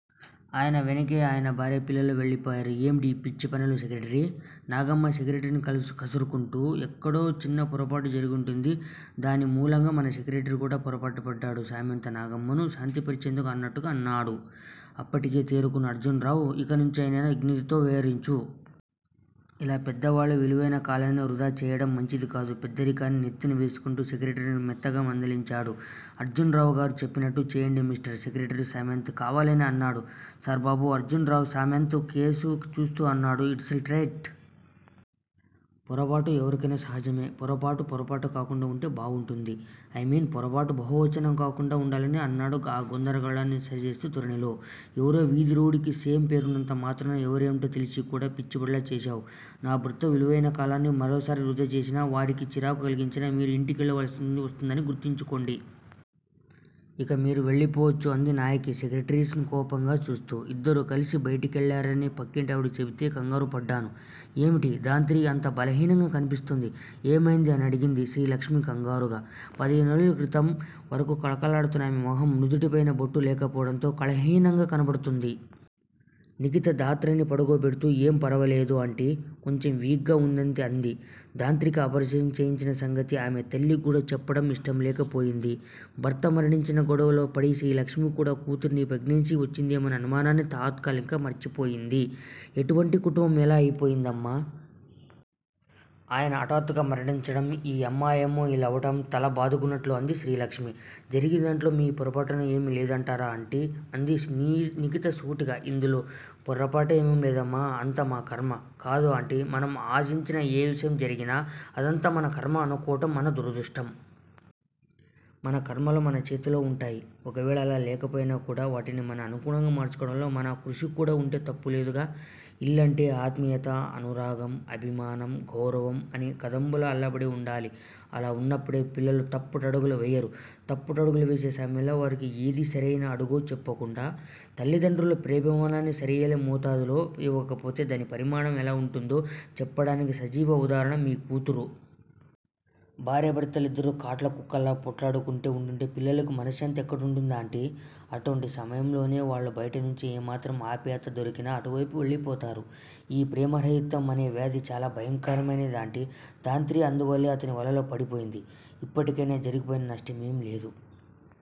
ఆయన వెనుకే ఆయన భార్యాపిల్లలు వెళ్ళిపోయారు. ఏమిటీ పిచ్చి పనులు సెక్రటరీ? నాగమ్మ సెక్రటరీని కసురుకుంటూ. ఎక్కడో చిన్న పొరపాటు జరిగుంటుంది. దాని మూలంగా మన సెక్రటరీ కూడా పొరపాటుపడ్డాడు సామంత్ నాగమ్మను శాంతపరిచేందుకు అన్నట్టుగా అన్నాడు. అప్పటికే తేరుకున్న అర్జున్ రావు ఇకనుంచైనా విజ్ఞతతో వ్యవహరించు. ఇలా పెద్దవాళ్ళ విలువైన కాలాన్ని వృధా చేయడం మంచిది కాదు పెద్దరికాన్ని నెత్తిన వేసుకుంటూ సెక్రటరీని మెత్తగా మందలించాడు. అర్జున్ రావుగారు చెప్పినట్టు చేయండి మిస్టర్ సెక్రటరీ సామంత్ కావాలనే అన్నాడు. సారీ బాబు అర్జున్ రావు సామంత్ కేసి చూస్తూ అన్నాడు. It's all right. పొరపాటు ఎవరికైనా సహజమే. పొరపాటు పొరపాటు కాకుండా వుంటే బావుంటుంది. ఐమీన్ పొరపాటు బహువచనం కాకుండా వుండాలని అన్నాడు ఆ గందరగోళాన్ని సర్దేస్తున్న ధోరణిలో. ఎవరో వీధి రౌడీకి సేమ్ పేరున్నంత మాత్రాన ఎవరేమిటో తెలిసి కూడా పిచ్చివాడిలా చేశావ్. నా భర్త విలువైన కాలాన్ని మరోసారిలా వృధా చేసినా, వారికి చిరాకు కలిగించినా మీరు ఇంటికెళ్ళ వలసి వస్తుందని గుర్తుంచుకోండి. ఇక మీరు వెళ్ళిపోవచ్చు అంది నాయకి సెక్రటరీకేసి కోపంగా చూస్తూ. ఇద్దరూ కలిసి బయటికెళ్ళారని పక్కింటావిడ చెబితే కంగారుపడ్డాను. ఏమిటి, ధాత్రి అంత బలహీనంగా కనిపిస్తోంది. ఏమైంది అనడిగింది శ్రీలక్ష్మి కంగారుగా. పదిహేనురోజుల క్రితం వరకూ కళకళలాడుతున్న ఆమె మొహం నుదుటిమీద బొట్టు లేకపోవటంతో కళావిహీనంగా కనబడుతోంది. నిఖిత ధాత్రిని పడుకోబెడుతూ ఏం ఫరవాలేదు ఆంటీ. కొంచెం వీక్ గా వుందంతే అంది. ధాత్రికి అబార్షన్ చేయించిన సంగతి ఆమె తల్లికి కూడా చెప్పటం ఇష్టంలేకపోయింది. భర్త మరణించిన గొడవల్లో పడి శ్రీలక్ష్మి కూడా కూతురికి ప్రెగ్నెన్సీ వచ్చిందేమోనన్న అనుమానాన్ని తాత్కాలికంగా మార్చిపోయింది. ఎటువంటి కుటుంబం ఎలా అయిపోయిందమ్మా! ఆయన హఠాత్తుగా మరణించడం ఈ అమ్మాయేమో ఇలా అవటం తల బాదుకుంటున్నట్లు అంది శ్రీలక్ష్మి. జరిగినదాంట్లో మీ పొరపాటు ఏమీ లేదంటారా ఆంటీ? అంది నిఖిత సూటిగా. ఇందులో పొరపాటేముందమ్మా? అంతా మా ఖర్మ. కాదు ఆంటీ. మనం ఆశించని ఏ విషయం జరిగినా అదంతా మనఖర్మ అనుకోవటం మన దురదృష్టం. మన ఖర్మలు మన చేతుల్లోనే వుంటాయి. ఒకవేళ అలా లేకపోయినా కూడా, వాటిల్ని మనకి అనుగుణంగా మార్చుకోవటంలో మన కృషి కూడా వుంటే తప్పులేదుగా. ఇల్లంటే ఆత్మీయత, అనురాగం, అభిమానం, గౌరవం అన్నీ కదంబంలా అల్లబడి వుండాలి. అలా వున్నప్పుడే పిల్లలు తప్పటడుగులు వెయ్యరు. తప్పటడుగులు వేసే సమయంలో వారికి ఏది సరయిన అడుగో చెప్పకుండా, తల్లిదండ్రులు ప్రేమాభిమానాల్ని సరయిన మోతాదులో ఇవ్వకపోతే దాని పరిణామం ఎలా వుంటుందో చెప్పటానికి సజీవ ఉదాహరణ మీ కూతురు. భార్యాభర్తలిద్దరు కాట్లకుక్కల్లా పోట్లాడుకుంటూ వుంటుంటే పిల్లలకి మనశ్శాంతి ఎక్కడుంటుంది ఆంటీ? అటువంటి సమయంలోనే వాళ్ళు బయటనుంచి ఏ మాత్రం ఆప్యాయత దొరికినా అటువైపు వెళ్ళి పోతారు. ఈ ప్రేమ రాహిత్యం అనే వ్యాధి చాలా భయంకరమైంది ఆంటీ. ధాత్రీ అందువల్లే అతని వలలో పడిపోయింది. ఇప్పటికైనా జరిగిపోయిన నష్టమేమీలేదు.